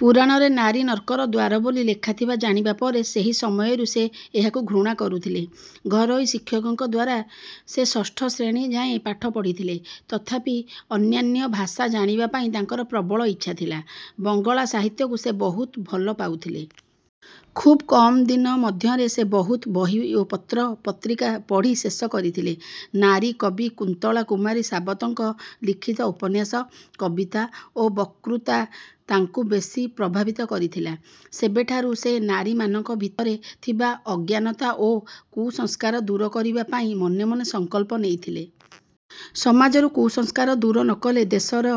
ପୁରାଣରେ ନାରୀ ନର୍କର ଦ୍ୱାର ବୋଲି ଲେଖାଥିବା ଜାଣିବା ପରେ ସେହି ସମୟରୁ ସେ ଏହାକୁ ଘୃଣା କରୁଥିଲେ। ଘରୋଇ ଶିକ୍ଷକଙ୍କଦ୍ୱାରା ସେ ଷଷ୍ଠ ଶ୍ରେଣୀ ଯାଏଁ ପାଠ ପଢିଥିଲେ। ତଥାପି ଅନ୍ୟାନ୍ୟ ଭାଷା ଜାଣିବା ପାଇଁ ତାଙ୍କର ପ୍ରବଳ ଇଚ୍ଛା ଥିଲା। ବଙ୍ଗଳା ସାହିତ୍ୟକୁ ସେ ବହୁତ୍ ଭଲ ପାଉଥିଲେ। ଖୁବ୍ କମ୍ ଦିନ ମଧ୍ୟରେ ସେ ବହୁତ୍ ବହି ଓ ପତ୍ର ପତ୍ରିକା ପଢି ଶେଷ କରିଥିଲେ। ନାରୀ କବି କୁନ୍ତଳା କୁମାରୀ ସାବତଙ୍କ ଲିଖିତ ଉପନ୍ୟାସ, କବିତା ଓ ବତ୍କୃତା ତାଙ୍କୁ ବେଶି ପ୍ରଭାବିତ କରିଥିଲା। ସେବେଠାରୁ ସେ ନାରୀ ମାନଙ୍କ ଭିତରେ ଥିବା ଅଜ୍ଞାନତା ଓ କୁସଂସ୍କାର ଦୂର କରିବା ପାଇଁ ମନେ ମନେ ସଂକଳ୍ପ ନେଇଥିଲେ। ସମାଜରୁ କୁସଂସ୍କାର ଦୂର ନକଲେ ଦେଶର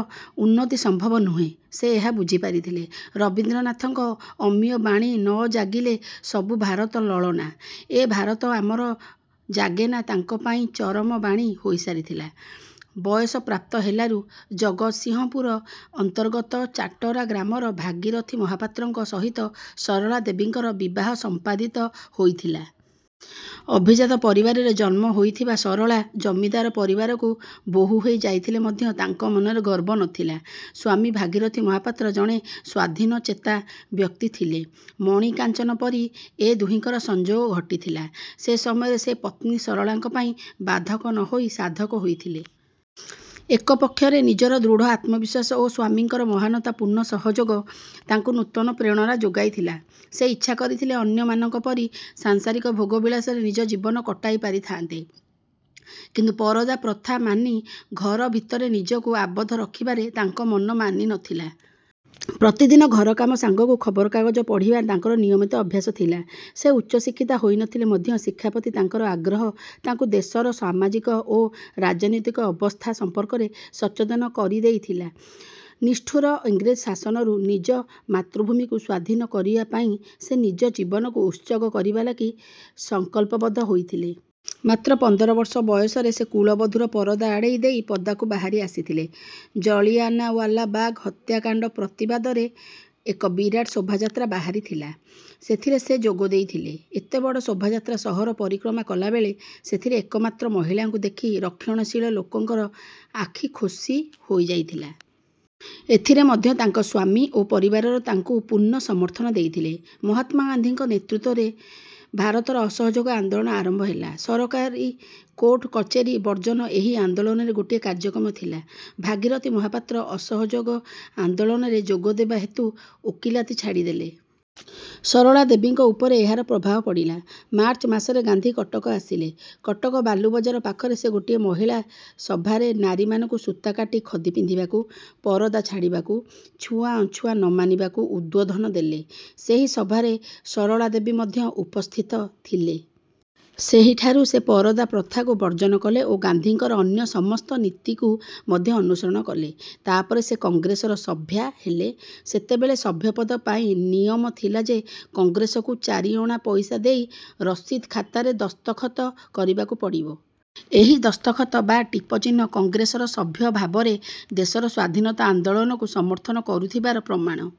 ଉନ୍ନତି ସମ୍ଭବ ନୁହେଁ, ସେ ଏହା ବୁଝିପାରିଥିଲେ। ରବୀନ୍ଦ୍ରନାଥଙ୍କ ଅମୀୟ ବାଣୀ ନ ଜାଗିଲେ ସବୁ ଭାରତ ଲଳନା, ଏ ଭାରତ ଆମର ଜାଗେନା ତାଙ୍କ ପାଇଁ ଚରମ ବାଣୀ ହୋଇସାରିଥିଲା। ବୟସ ପ୍ରାପ୍ତ ହେଲାରୁ, ଜଗତସିଂହପୁର ଅନ୍ତର୍ଗତ ଚାଟରା ଗ୍ରାମର ଭାଗୀରଥି ମହାପାତ୍ରଙ୍କ ସହିତ ସରଳା ଦେବୀଙ୍କର ବିବାହ ସମ୍ପାଦିତ ହୋଇଥିଲା। ଅଭିଜାତ ପରିବାରରେ ଜନ୍ମ ହୋଇଥିବା ସରଳା, ଜମିଦାର ପରିବାରକୁ ବୋହୁ ହୋଇ ଯାଇଥିଲେ ମଧ୍ୟ ତାଙ୍କ ମନରେ ଗର୍ବ ନଥିଲା। ସ୍ୱାମୀ ଭାଗିରଥି ମହାପାତ୍ର ଜଣେ ସ୍ୱାଧୀନଚେତା ବ୍ୟକ୍ତି ଥିଲେ। ମଣିକାଞ୍ଚନ ପରି ଏ ଦୁହିଁଙ୍କର ସଂଯୋଗ ଘଟିଥିଲା। ସେ ସମୟରେ ସେ ପତ୍ନୀ ସରଳାଙ୍କ ପାଇଁ ବାଧକ ନହୋଇ ସାଧକ ହୋଇଥିଲେ। ଏକ ପକ୍ଷରେ ନିଜର ଦୃଢ଼ ଆତ୍ମବିଶ୍ୱାସ ଓ ସ୍ୱାମୀଙ୍କର ମହାନତା ପୂର୍ଣ୍ଣ ସହଯୋଗ ତାଙ୍କୁ ନୂତନ ପ୍ରେରଣା ଯୋଗାଇଥିଲା। ସେ ଇଚ୍ଛା କରିଥିଲେ ଅନ୍ୟମାନଙ୍କ ପରି ସାଂସାରିକ ଭୋଗ ବିଳାସରେ ନିଜ ଜୀବନ କଟାଇପାରିଥାନ୍ତେ, କିନ୍ତୁ ପରଦା ପ୍ରଥା ମାନି ଘର ଭିତରେ ନିଜକୁ ଆବଦ୍ଧ ରଖିବାରେ ତାଙ୍କ ମନ ମାନି ନଥିଲା। ପ୍ରତିଦିନ ଘର କାମ ସାଙ୍ଗକୁ ଖବରକାଗଜ ପଢ଼ିବା ତାଙ୍କର ନିୟମିତ ଅଭ୍ୟାସ ଥିଲା। ସେ ଉଚ୍ଚଶିକ୍ଷିତା ହୋଇନଥିଲେ ମଧ୍ୟ ଶିକ୍ଷା ପ୍ରତି ତାଙ୍କର ଆଗ୍ରହ ତାଙ୍କୁ ଦେଶର ସାମାଜିକ ଓ ରାଜନୈତିକ ଅବସ୍ଥା ସମ୍ପର୍କରେ ସଚେତନ କରିଦେଇଥିଲା। ନିଷ୍ଠୁର ଇଂରେଜ ଶାସନରୁ ନିଜ ମାତୃଭୂମିକୁ ସ୍ୱାଧୀନ କରିବା ପାଇଁ ସେ ନିଜ ଜୀବନକୁ ଉତ୍ସର୍ଗ କରିବାଲାଗି ସଂକଳ୍ପବଦ୍ଧ ହୋଇଥିଲେ। ମାତ୍ର ପନ୍ଦର ବର୍ଷ ବୟସରେ ସେ କୁଳବଧୂର ପରଦା ଆଡେଇ ଦେଇ ପଦାକୁ ବାହାରି ଆସିଥିଲେ। ଜଳିଆନାୱାଲାବାଗ୍ ହତ୍ୟାକାଣ୍ଡ ପ୍ରତିବାଦରେ ଏକ ବିରାଟ ଶୋଭାଯାତ୍ରା ବାହାରିଥିଲା। ସେଥିରେ ସେ ଯୋଗଦେଇଥିଲେ। ଏତେ ବଡ଼ ଶୋଭାଯାତ୍ରା ସହର ପରିକ୍ରମା କଲାବେଳେ ସେଥିରେ ଏକମାତ୍ର ମହିଳାଙ୍କୁ ଦେଖି ରକ୍ଷଣଶୀଳ ଲୋକଙ୍କର ଆଖି ଖୋସି ହୋଇଯାଇଥିଲା। ଏଥିରେ ମଧ୍ୟ ତାଙ୍କ ସ୍ୱାମୀ ଓ ପରିବାର ତାଙ୍କୁ ପୂର୍ଣ୍ଣ ସମର୍ଥନ ଦେଇଥିଲେ। ମହାତ୍ମା ଗାନ୍ଧୀଙ୍କ ନେତୃତ୍ୱରେ ଭାରତରେ ଅସହଯୋଗ ଆନ୍ଦୋଳନ ଆରମ୍ଭ ହେଲା। ସରକାରୀ କୋର୍ଟ କଚେରୀ ବର୍ଜନ ଏହି ଆନ୍ଦୋଳନରେ ଗୋଟିଏ କାର୍ଯ୍ୟକ୍ରମ ଥିଲା। ଭାଗିରଥି ମହାପାତ୍ର ଅସହଯୋଗ ଆନ୍ଦୋଳନରେ ଯୋଗ ଦେବା ହେତୁ ଓକିଲାତି ଛାଡି ଦେଲେ। ସରଳା ଦେବୀଙ୍କ ଉପରେ ଏହାର ପ୍ରଭାବ ପଡ଼ିଲା। ମାର୍ଚ୍ଚ ମାସରେ ଗାନ୍ଧୀ କଟକ ଆସିଲେ। କଟକ ବାଲୁବଜାର ପାଖରେ ସେ ଗୋଟିଏ ମହିଳା ସଭାରେ ନାରୀ ମାନଙ୍କୁ ସୂତା କାଟି ଖଦି ପିନ୍ଧିବାକୁ, ପରଦା ଛାଡିବାକୁ, ଛୁଆଁ ଅଛୁଆଁ ନମାନିବାକୁ ଉଦ୍ୱୋଧନ ଦେଲେ। ସେହି ସଭାରେ ସରଳା ଦେବୀ ମଧ୍ୟ ଉପସ୍ଥିତ ଥିଲେ। ସେହିଠାରୁ ସେ ପରଦା ପ୍ରଥାକୁ ବର୍ଜନ କଲେ ଓ ଗାନ୍ଧୀଙ୍କର ଅନ୍ୟ ସମସ୍ତ ନୀତିକୁ ମଧ୍ୟ ଅନୁସରଣ କଲେ। ତା ପରେ ସେ କଂଗ୍ରେସର ସଭ୍ୟା ହେଲେ। ସେତେବେଳେ ସଭ୍ୟପଦ ପାଇଁ ନିୟମ ଥିଲା ଯେ, କଂଗ୍ରେସକୁ ଚାରିଅଣା ପଇସା ଦେଇ ରସିଦ୍ ଖାତାରେ ଦସ୍ତଖତ କରିବାକୁ ପଡିବ। ଏହି ଦସ୍ତଖତ ବା ଟିପ ଚିହ୍ନ କଂଗ୍ରେସର ସଭ୍ୟ ଭାବରେ ଦେଶର ସ୍ୱାଧୀନତା ଆନ୍ଦୋଳନକୁ ସମର୍ଥନ କରୁଥିବାର ପ୍ରମାଣ